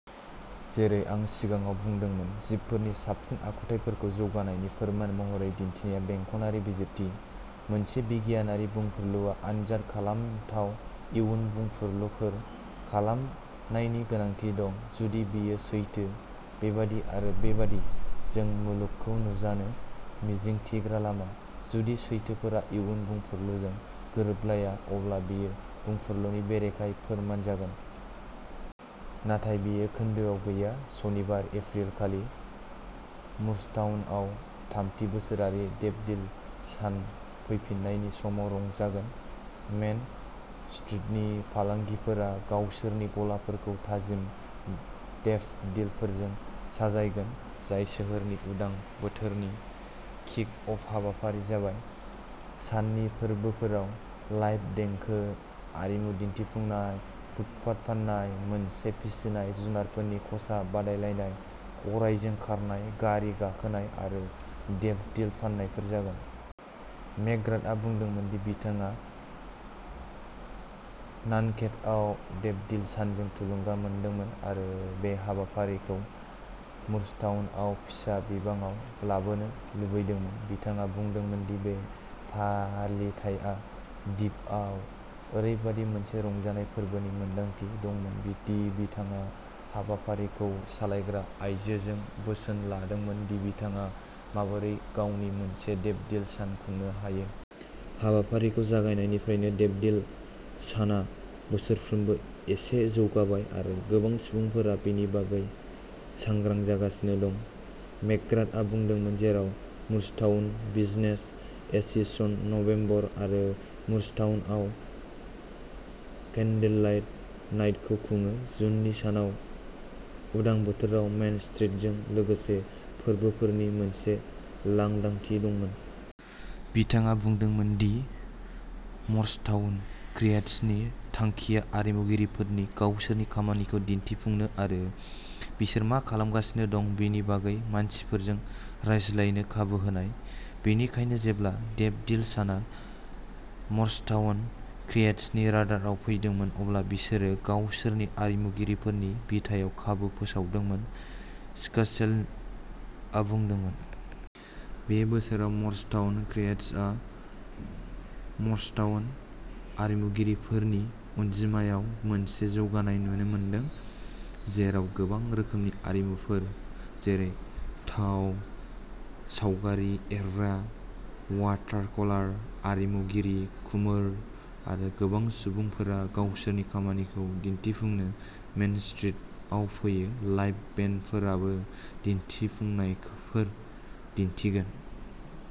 जेरै आं सिगाङाव बुंदोंमोन, जिबफोरनि साबसिन आखुथायफोरखौ जौगानायनि फोरमान महरै दिन्थिनाया बेंखनारि बिजिरथि। मोनसे बिगियानारि बुंफुरलुआ आनजाद खालामथाव इयुन बुंफुरलुफोर खालामनायनि गोनांथि दंः जुदि बेयो सैथो, बेबादि-आरो-बेबादि जों मुलुगखौ नुजानो मिजिंथिग्रा लामा। जुदि सैथोफोरा इयुन बुंफुरलुजों गोरोबलाया, अब्ला बेयो बुंफुरलुनि बेरेखायै फोरमान जागोन। नाथाय बेयो खोन्दोआव गैया। सनिबार, एप्रिल खालि, मुरस्टाउनआ थामथि बोसोरारि डेफ'डिल सान फैफिन्नायनि समाव रंजागोन। मेन स्ट्रीटनि फालांगिफोरा गावसोरनि गलाफोरखौ थाजिम डेफ'डिलफोरजों साजायगोन, जाय सोहोरनि उदां बोथोरनि किक-अफ हाबाफारि जाबाय। साननि फोरबोफोराव लाइभ देंखो, आरिमु दिन्थिफुंनाय, फुटपाथ फान्नाय, मोनसे फिसिनाय जुनारफोरनि खसाब बादायलायनाय, गरायजों खारनाय गारि गाखोनाय आरो डेफ'डिल फान्नायफोर जागोन। मेकग्राथआ बुंदोंमोन दि बिथाङा नान्टकेटआव डेफ'डिल सानजों थुलुंगा मोन्दोंमोन आरो बे हाबाफारिखौ मुरस्टाउनआव फिसा बिबाङाव लाबोनो लुबैदोंमोन। बिथाङा बुंदोंमोन दि बे फालिथाइया दिपआव ओरैबायदि मोनसे "रंजानाय, फोरबोनि मोनदांथि" दंमोन दि बिथाङा हाबाफारिखौ सालायग्रा आयजोजों बोसोन लादोंमोन दि बिथाङा माबोरै गावनि मोनसे डेफ'डिल सान खुंनो हायो। हाबाफारिखौ जागायनायनिफ्रायनो, डेफ'डिल साना बोसोरफ्रोमबो एसे जौगाबाय आरो गोबां सुबुंफोरा बेनि बागै सांग्रां जागासिनो दं, मेकग्राथआ बुंदोंमोन। जेराव मुरस्टाउन बिजनेस एस'सिएशनआ नबेम्बर आरो मुरस्टाउनआव कैन्डललाइट नाइटखौ खुङो। जुननि सानाव, उदां बोथोराव मेन स्ट्रिटजों लोगोसे फोरबोफोरनि मोनसे लांदांथि दंमोन। बिथाङा बुंदोंमोन दि मरस्टाउन क्रिएट्सनि थांखिया आरिमुगिरिफोरखौ गावसोरनि खामानिखौ दिन्थिफुंनो आरो बिसोर मा खालामगासिनो दं बेनि बागै मानसिफोरजों रायज्लायनो खाबु होनाय। बेनिखायनो, जेब्ला डेफ'डिल साना मरस्टाउन क्रिएट्सनि राडारआव फैदोंमोन, अब्ला बिसोरो गावसोरनि आरिमुगिरिफोरनि बिथायाव खाबु फोसावदोंमोन, स्कासेलआ बुंदोंमोन। बे बोसोराव, मरस्टाउन क्रिएट्सआ मरस्टाउन आरिमुगिरिफोरनि अनजिमायाव मोनसे जौगानाय नुनो मोनदों, जेराव गोबां रोखोमनि आरिमुगिरिफोर जेरै थाव सावगारि एरग्रा, वाटारकलार आरिमुगिरि, कुमोर आरो गोबां सुबुंफोरा गावसोरनि खामानिखौ दिन्थिफुंनो मेन स्ट्रिटआव फैयो। लाइभ बेन्डफोराबो दिन्थिफुंनायफोर दिन्थिगोन।